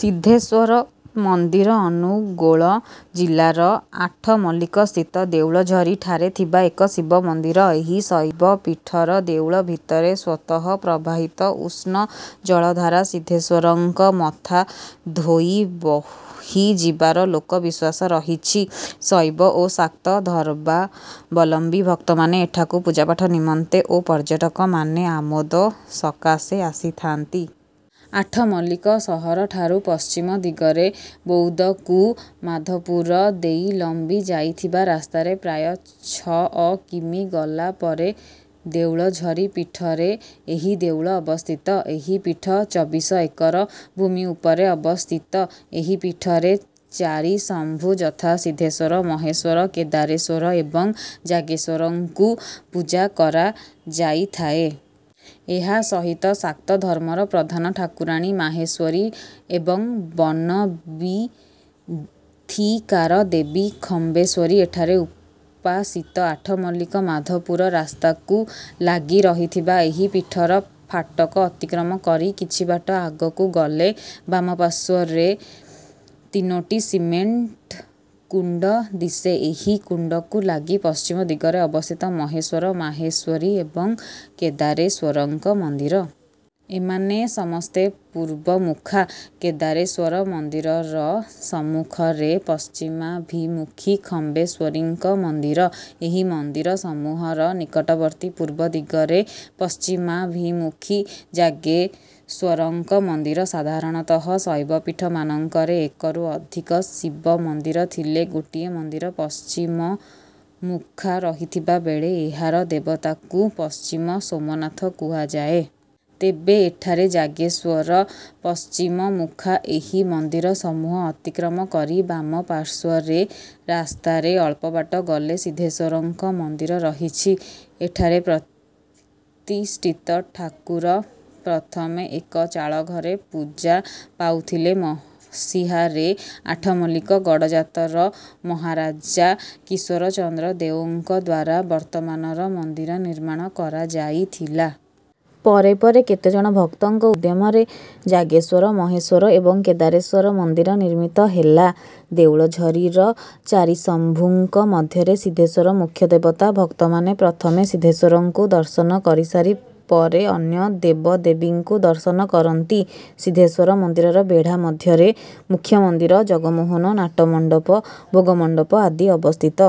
ସିଦ୍ଧେଶ୍ୱର ମନ୍ଦିର ଅନୁଗୋଳ ଜିଲ୍ଲାର ଆଠମଲ୍ଲିକସ୍ଥିତ ଦେଉଳଝରିଠାରେ ଥିବା ଏକ ଶିବ ମନ୍ଦିର। ଏହି ଶୈବପୀଠର ଦେଉଳ ଭିତରେ ସ୍ୱତଃ ପ୍ରବାହିତ ଉଷ୍ଣ ଜଳଧାରା ସିଦ୍ଧେଶ୍ୱରଙ୍କ ମଥା ଧୋଇ ବହିଯିବାର ଲୋକ ବିଶ୍ୱାସ ରହିଛି। ଶୈବ ଓ ଶାକ୍ତ ଧର୍ମାବଲମ୍ବୀ ଭକ୍ତମାନେ ଏଠାକୁ ପୂଜାପାଠ ନିମନ୍ତେ ଓ ପର୍ଯ୍ୟଟକମାନେ ଆମୋଦ ସକାଶେ ଆସିଥାନ୍ତି। ଆଠମଲ୍ଲିକ ସହରଠାରୁ ପଶ୍ଚିମ ଦିଗରେ ବଉଦକୁ ମାଧପୁର ଦେଇ ଲମ୍ବି ଯାଇଥିବା ରାସ୍ତାରେ ପ୍ରାୟ ଛଅ କି. ମି. ଗଲା ପରେ ଦେଉଳଝରି ପୀଠରେ ଏହି ଦେଉଳ ଅବସ୍ଥିତ। ଏହି ପୀଠ ଚବିଶ ଏକର ଭୂମି ଉପରେ ଅବସ୍ଥିତ।। ଏହି ପୀଠରେ ଚାରିଶମ୍ଭୁ ଯଥା ସିଦ୍ଧେଶ୍ୱର, ମହେଶ୍ୱର, କେଦାରେଶ୍ୱର ଏବଂ ଜାଗେଶ୍ୱରଙ୍କୁ ପୂଜା କରାଯାଇଥାଏ। ଏହା ସହିତ ଶାକ୍ତ ଧର୍ମର ପ୍ରଧାନ ଠାକୁରାଣୀ ମାହେଶ୍ୱରୀ ଏବଂ ବନବୀଥିକାର ଦେବୀ ଖମ୍ବେଶ୍ୱରୀ ଏଠାରେ ଉପାସିତ। ଆଠମଲ୍ଲିକ- ମାଧପୁର ରାସ୍ତାକୁ ଲାଗି ରହିଥିବା ଏହି ପୀଠର ଫାଟକ ଅତିକ୍ରମ କରି କିଛିବାଟ ଆଗକୁ ଗଲେ ବାମପାଶ୍ୱର୍ରେ ତିନୋଟି ସିମେଣ୍ଟ କୁଣ୍ଡ ଦିଶେ। ଏହି କୁଣ୍ଡକୁ ଲାଗି ପଶ୍ଚିମ ଦିଗରେ ଅବସ୍ଥିତ ମହେଶ୍ୱର, ମାହେଶ୍ୱରୀ ଏବଂ କେଦାରେଶ୍ୱରଙ୍କ ମନ୍ଦିର। ଏମାନେ ସମସ୍ତେ ପୂର୍ବମୁଖା। କେଦାରେଶ୍ୱର ମନ୍ଦିରର ସମ୍ମୁଖରେ ପଶ୍ଚିମାଭିମୁଖୀ ଖମ୍ବେଶ୍ୱରୀଙ୍କ ମନ୍ଦିର। ଏହି ମନ୍ଦିର ସମୂହର ନିକଟବର୍ତ୍ତୀ ପୂର୍ବଦିଗରେ ପଶ୍ଚିମାଭିମୁଖୀ ଯାଗେଶ୍ୱରଙ୍କ ମନ୍ଦିର। ସାଧାରଣତଃ ଶୈବପୀଠମାନଙ୍କରେ ଏକରୁ ଅଧିକ ଶିବ ମନ୍ଦିର ଥିଲେ ଗୋଟିଏ ମନ୍ଦିର ପଶ୍ଚିମମୁଖା ରହିଥିବା ବେଳେ ଏହାର ଦେବତାକୁ ପଶ୍ଚିମ ସୋମନାଥ କୁହାଯାଏ। ତେବେ ଏଠାରେ ଯାଗେଶ୍ୱର ପଶ୍ଚିମମୁଖା। ଏହି ମନ୍ଦିର ସମୂହ ଅତିକ୍ରମ କରି ବାମ ପାଶ୍ୱର୍ରେ ରାସ୍ତାରେ ଅଳ୍ପବାଟ ଗଲେ ସିଦ୍ଧେଶ୍ୱରଙ୍କ ମନ୍ଦିର ରହିଛି। ଏଠାରେ ପ୍ରତିଷ୍ଠିତ ଠାକୁର ପ୍ରଥମେ ଏକ ଚାଳଘରେ ପୂଜା ପାଉଥିଲେ। ମସିହାରେ ଆଠମଲ୍ଲିକ ଗଡ଼ଜାତର ମହାରାଜା କିଶୋର ଚନ୍ଦ୍ର ଦେଓଙ୍କଦ୍ୱାରା ବର୍ତ୍ତମାନର ମନ୍ଦିର ନିର୍ମାଣ କରାଯାଇଥିଲା। ପରେ ପରେ କେତେଜଣ ଭକ୍ତଙ୍କ ଉଦ୍ୟମରେ ଯାଗେଶ୍ୱର, ମହେଶ୍ୱର ଏବଂ କେଦାରେଶ୍ୱର ମନ୍ଦିର ନିର୍ମିତ ହେଲା। ଦେଉଳଝରିର ଚାରିଶମ୍ଭୁଙ୍କ ମଧ୍ୟରେ ସିଦ୍ଧେଶ୍ୱର ମୁଖ୍ୟ ଦେବତା। ଭକ୍ତମାନେ ପ୍ରଥମେ ସିଦ୍ଧେଶ୍ୱରଙ୍କୁ ଦର୍ଶନ କରିସାରି ପରେ ଅନ୍ୟ ଦେବଦେବୀଙ୍କୁ ଦର୍ଶନ କରନ୍ତି। ସିଦ୍ଧେଶ୍ୱର ମନ୍ଦିରର ବେଢ଼ା ମଧ୍ୟରେ ମୁଖ୍ୟ ମନ୍ଦିର ଜଗମୋହନ, ନାଟ ମଣ୍ଡପ, ଭୋଗ ମଣ୍ଡପ ଆଦି ଅବସ୍ଥିତ।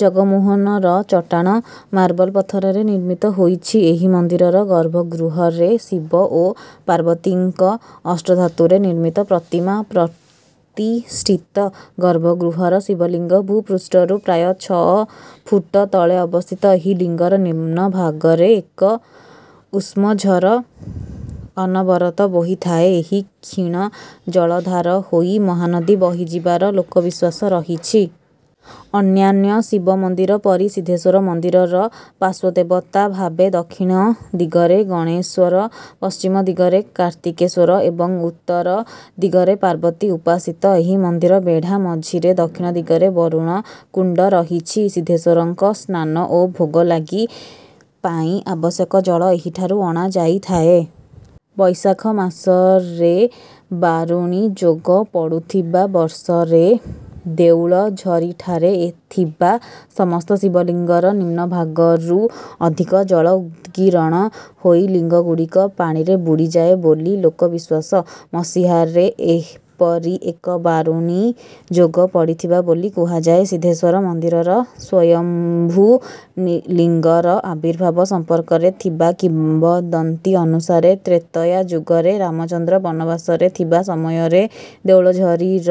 ଜଗମୋହନର ଚଟାଣ ମାର୍ବଲ ପଥରରେ ନିର୍ମିତ ହୋଇଛି। ଏହି ମନ୍ଦିରର ଗର୍ଭଗୃହରେ ଶିବ ଓ ପାର୍ବତୀଙ୍କ ଅଷ୍ଟଧାତୁରେ ନିର୍ମିତ ପ୍ରତିମା ପ୍ରତିଷ୍ଠିତ। ଗର୍ଭଗୃହର ଶିବଲିଙ୍ଗ ଭୂପୃଷ୍ଠରୁ ପ୍ରାୟ ଛଅ ଫୁଟ ତଳେ ଅବସ୍ଥିତ ଏହି ଲିଙ୍ଗର ନିମ୍ନଭାଗରେ ଏକ ଉଷ୍ଣଝର ଅନବରତ ବୋହିଥାଏ। ଏହି କ୍ଷୀଣ ଜଳଧାର ହୋଇ ମହାନଦୀ ବହିଯିବାର ଲୋକବିଶ୍ୱାସ ରହିଛି। ଅନ୍ୟାନ୍ୟ ଶିବ ମନ୍ଦିର ପରି ସିଦ୍ଧେଶ୍ୱର ମନ୍ଦିରର ପାଶ୍ୱଦେବତା ଭାବେ ଦକ୍ଷିଣ ଦିଗରେ ଗଣେଶ୍ୱର, ପଶ୍ଚିମ ଦିଗରେ କାର୍ତ୍ତିକେଶ୍ୱର ଏବଂ ଉତ୍ତର ଦିଗରେ ପାର୍ବତୀ ଉପାସିତ। ଏହି ମନ୍ଦିର ବେଢ଼ା ମଝିରେ ଦକ୍ଷିଣ ଦିଗରେ ବରୁଣ କୁଣ୍ଡ ରହିଛି। ସିଦ୍ଧେଶ୍ୱରଙ୍କ ସ୍ନାନ ଓ ଭୋଗଲାଗି ପାଇଁ ଆବଶ୍ୟକ ଜଳ ଏହିଠାରୁ ଅଣାଯାଇଥାଏ। ବୈଶାଖ ମାସରେ ବାରୁଣୀ ଯୋଗ ପଡୁଥିବା ବର୍ଷରେ ଦେଉଳଝରିଠାରେ ଥିବା ସମସ୍ତ ଶିବଲିଙ୍ଗର ନିମ୍ନ ଭାଗରୁ ଅଧିକ ଜଳ ଉଦ୍ଗୀରଣ ହୋଇ ଲିଙ୍ଗଗୁଡିକ ପାଣିରେ ବୁଡିଯାଏ ବୋଲି ଲୋକ ବିଶ୍ୱାସ। ମସିହାରେ ଏପରି ଏକ ବାରୁଣୀ ଯୋଗ ପଡିଥିଲା ବୋଲି କୁହାଯାଏ। ସିଦ୍ଧେଶ୍ୱର ମନ୍ଦିରରେ ସ୍ୱୟଂମ୍ଭୁ ଲିଙ୍ଗର ଆବିର୍ଭାବ ସମ୍ପର୍କରେ ଥିବା କିମ୍ବଦନ୍ତୀ ଅନୁସାରେ ତ୍ରେତୟା ଯୁଗରେ ରାମଚନ୍ଦ୍ର ବନବାସରେ ଥିବା ସମୟରେ ଦେଉଳଝରିର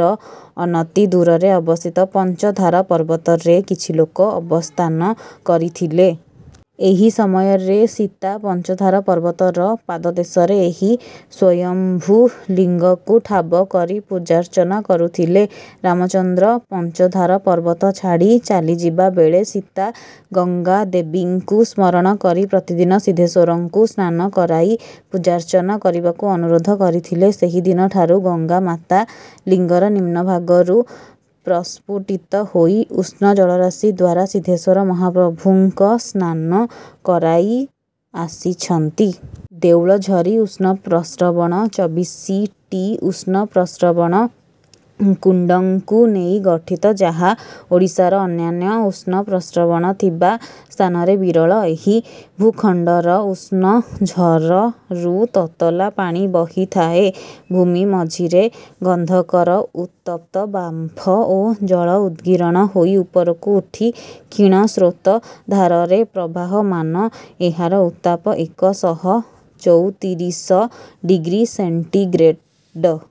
ଅନତିଦୂରରେ ଅବସ୍ଥିତ ପଞ୍ଚଧାର ପର୍ବତରେ କିଛି କାଳ ଅବସ୍ଥାନ କରିଥିଲେ। ଏହି ସମୟରେ ସୀତା ପଞ୍ଚଧାର ପର୍ବତର ପାଦଦେଶରେ ଏହି ସ୍ୱୟଂମ୍ଭୁ ଲିଙ୍ଗକୁ ଠାବ କରି ପୂଜାର୍ଚ୍ଚନା କରୁଥିଲେ। ରାମଚନ୍ଦ୍ର ପଞ୍ଚଧାର ପର୍ବତ ଛାଡ଼ି ଚାଲିଯିବା ବେଳେ ସୀତା ଗଙ୍ଗାଦେବୀଙ୍କୁ ସ୍ମରଣ କରି ପ୍ରତିଦିନ ସିଦ୍ଧେଶ୍ୱରଙ୍କୁ ସ୍ନାନ କରାଇ ପୂଜାର୍ଚ୍ଚନା କରିବାକୁ ଅନୁରୋଧ କରିଥିଲେ। ସେହିଦିନଠାରୁ ଗଙ୍ଗାମାତା ଲିଙ୍ଗର ନିମ୍ନଭାଗରୁ ପ୍ରସ୍ପୁଟିତ ହୋଇ ଉଷ୍ଣ ଜଳରାଶିଦ୍ୱାରା ସିଦ୍ଧେଶ୍ୱର ମହାପ୍ରଭୁଙ୍କ ସ୍ନାନ କରାଇ ଆସିଛନ୍ତି। ଦେଉଳଝରି ଉଷ୍ଣପ୍ରସ୍ରବଣ ଚବିଶିଟି ଉଷ୍ଣ ପ୍ରସ୍ରବଣ କୁଣ୍ଡଙ୍କୁ ନେଇ ଗଠିତ ଯାହା ଓଡ଼ିଶାର ଅନ୍ୟାନ୍ୟ ଉଷ୍ଣପ୍ରସ୍ରବଣ ଥିବା ସ୍ଥାନରେ ବିରଳ। ଏହି ଭୂଖଣ୍ଡର ଉଷ୍ଣଝରରୁ ତତଲା ପାଣି ବହିଥାଏ। ଭୂମି ମଝିରେ ଗନ୍ଧକର ଉତ୍ତପ୍ତ ବାମ୍ଫ ଓ ଜଳ ଉଦ୍ଗୀରଣ ହୋଇ ଉପରକୁ ଉଠି କ୍ଷୀଣ ସ୍ରୋତ ଧାରରେ ପ୍ରବାହମାନ। ଏହାର ଉତ୍ତାପ ଏକଶହ ଚଉତିରିଶ ଡିଗ୍ରୀ ସେଣ୍ଟିଗ୍ରେଡ୍।